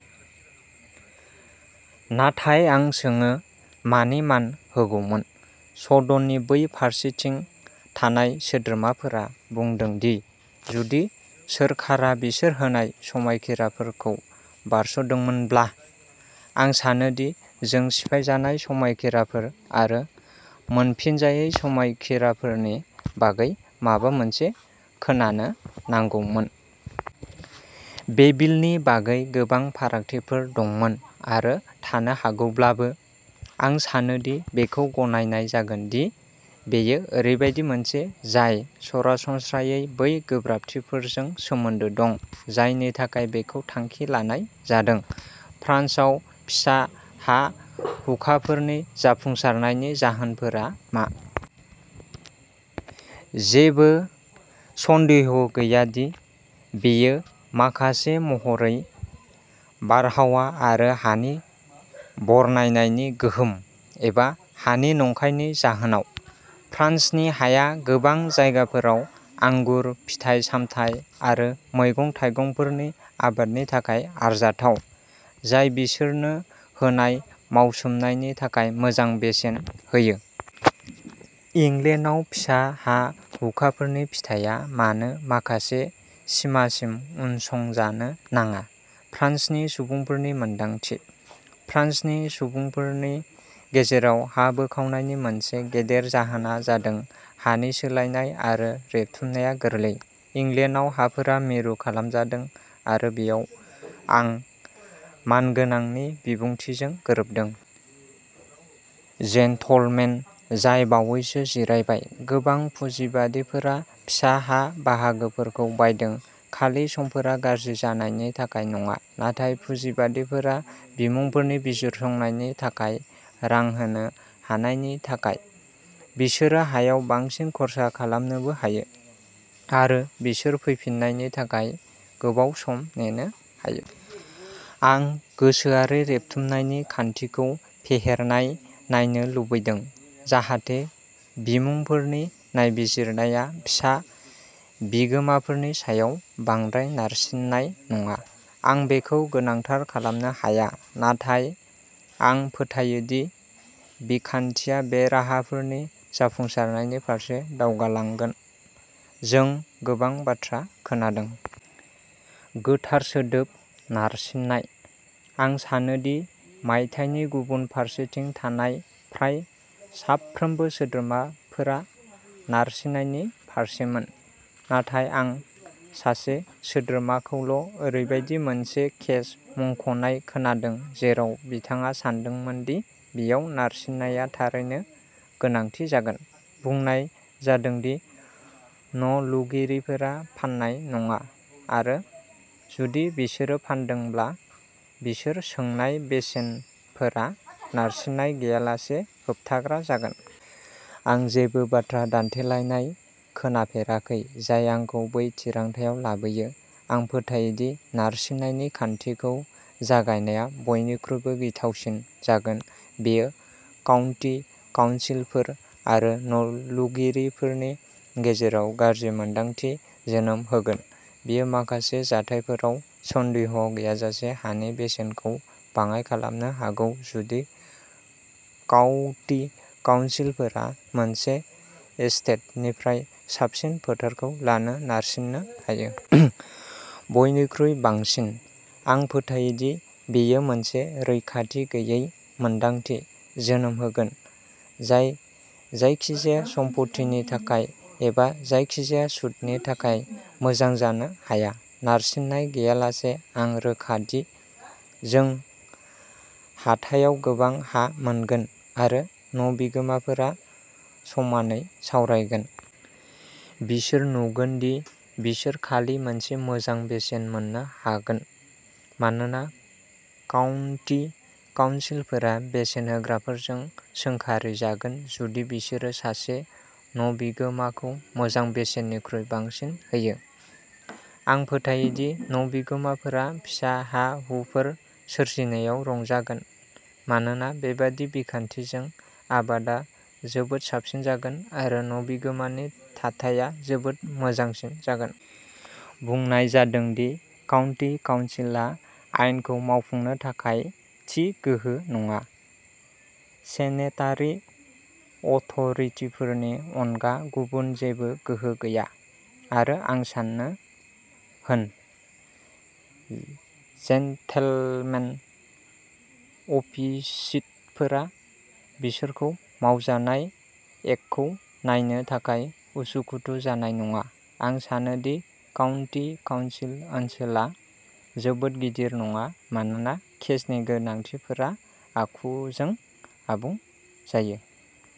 नाथाय आं सोङो मानि मान होगौमोन। सदननि बै फारसेथिं थानाय सोद्रोमाफोरा बुंदों दि जुदि सोरखारा बिसोर होनाय समायखिराफोरखौ बारस'दोंमोनब्ला? आं सानो दि जों सिफायजानाय समायखिराफोर आरो मोनफिनजायै समायखिराफोरनि बागै माबा मोनसे खोनानो नांगौमोन। बे बिलनि बागै गोबां फारागथिफोर दंमोन आरो थानो हागौब्लाबो, आं सानो दि बेखौ गनायनाय जागोन दि बेयो ओरैबायदि मोनसे जाय सरासनस्रायै बै गोब्राबथिफोरजों सोमोन्दो दं जायनि थाखाय बेखौ थांखि लानाय जादों। फ्रान्सआव फिसा हा-हुखाफोरनि जाफुंसारनायनि जाहोनफोरा मा? जेबो सन्देह गैया दि बेयो माखासे महरै बारहावा आरो हानि बरनायनायनि गोहोम, एबा हानि नंखायनि जाहोनाव। फ्रान्सनि हाया गोबां जायगाफोराव आंगुर, फिथाइ-सामथाइ आरो मैगं-थाइगंफोरनि आबादनि थाखाय आरजाथाव, जाय बिसोरनो होनाय मावसोमनायनि थाखाय मोजां बेसेन होयो। इंलेन्डआव फिसा हा-हुखाफोरनि फिथाया मानो माखासे सिमासिम उनसंजानो नाङा। फ्रान्सनि सुबुंफोरनि मोन्दांथि? फ्रान्सनि सुबुंफोरनि गेजेराव हा बोखावनायनि मोनसे गेदेर जाहोना जादों हानि सोलायनाय आरो रेबथुमनाया गोरलै। इंलेन्डआव हाफोरा मिरु खालामजादों, आरो बेयाव आं मानगोनांनि बिबुंथिजों गोरोबदों। जेन्टलमेन जाय बावैसो जिरायबाय। गोबां पुजिबादिफोरा फिसा हा-बाहागोफोरखौ बायदों, खालि समफोरा गाज्रि जानायनि थाखाय नङा, नाथाय पुजिबादिफोरा बिमुंफोरनि बिजिरसंनायनि थाखाय रां होनो हानायनि थाखाय। बिसोरो हायाव बांसिन खर्सा खालामनोबो हायो, आरो बिसोर फैफिन्नायनि थाखाय गोबाव सम नेनो हायो। आं गोसोआरि रेबथुमनायनि खान्थिखौ फेहेरनाय नायनो लुबैदों जाहाथे बिमुंफोरनि नायबिजिरनाया फिसा बिगोमाफोरनि सायाव बांद्राय नारसिननाय नङा। आं बेखौ गोनांथार खालामनो हाया, नाथाय आं फोथायो दि बिखान्थिया बे राहाफोरनि जाफुंसारनायनि फारसे दावगालांगोन। जों गोबां बाथ्रा खोनादों। गोथार सोदोब "नारसिननाय"। आं सानो दि मायथाइनि गुबुन फारसेथिं थानाय फ्राय साफ्रोमबो सोद्रोमाफोरा नारसिननायनि फारसेमोन। नाथाय आं सासे सोद्रोमाखौल'ओरैबायदि मोनसे केस मुंख'नाय खोनादों जेराव बिथाङा सानदोंमोन दि बेयाव नारसिननाया थारैनो गोनांथि जागोन। बुंनाय जादों दि न'लुगिरिफोरा फान्नाय नङा, आरो जुदि बिसोरो फान्दोंब्ला, बिसोर सोंनाय बेसेनफोरा नारसिननाय गैयालासे होबथाग्रा जागोन। आं जेबो बाथ्रा दान्थेलायनाय खोनाफेराखै जाय आंखौ बै थिरांथायाव लाबोयो। आं फोथायो दि नारसिननायनि खान्थिखौ जागायनाया बयनिख्रुइबो गिथावसिन जागोन। बेयो काउन्टि काउन्सिलफोर आरो न'लुगिरिफोरनि गेजेराव गाज्रि मोन्दांथि जोनोम होगोन। बेयो, माखासे जाथायफोराव, सन्देह गैयाजासे हानि बेसेनखौ बाङाइ खालामनो हागौ जुदि काउटि काउन्सिलफोरा मोनसे एस्टेटनिफ्राय साबसिन फोथारखौ लानो नारसिननो हायो। बयनिख्रुइ बांसिन, आं फोथायो दि बेयो मोनसे रैखाथि गैयै मोन्दांथि जोनोम होगोन जाय जायखिजाया सम्पथिनि थाखाय एबा जायखिजाया सुदनि थाखाय मोजां जानो हाया। नारसिननाय गैयालासे। आं रोखा दि जों हाथायाव गोबां हा मोनगोन, आरो न'बिगोमाफोरा समानै सावरायगोन। बिसोर नुगोन दि बिसोर खालि मोनसे मोजां बेसेन मोननो हागोन, मानोना काउन्टि काउन्सिलफोरा बेसेन होग्राफोरजों सोंखारिजागोन जुदि बिसोरो सासे न'बिगोमाखौ मोजां बेसेननिख्रुइ बांसिन होयो। आं फोथायो दि न'बिगोमाफोरा फिसा हा-हुफोर सोरजिनायाव रंजागोन, मानोना बेबादि बिखान्थिजों आबादा जोबोद साबसिन जागोन आरो न'बिगोमानि थाथाया जोबोद मोजांसिन जागोन। बुंनाय जादों दि काउन्टि काउन्सिलआ आयेनखौ मावफुंनो थाखाय थि गोहो नङा। सेनेटारि अथ'रिटिफोरनि अनगा गुबुन जेबो गोहो गैया, आरो आं साननो होन। जेनटेलमेन अपिसिटफोरा बिसोरखौ मावजानाय एक्टखौ नायनो थाखाय उसुखुथु जानाय नङा। आं सानो दि काउन्टि काउन्सिल ओनसोला जोबोद गिदिर नङा, मानोना केसनि गोनांथिफोरा आखुजों आबुं जायो।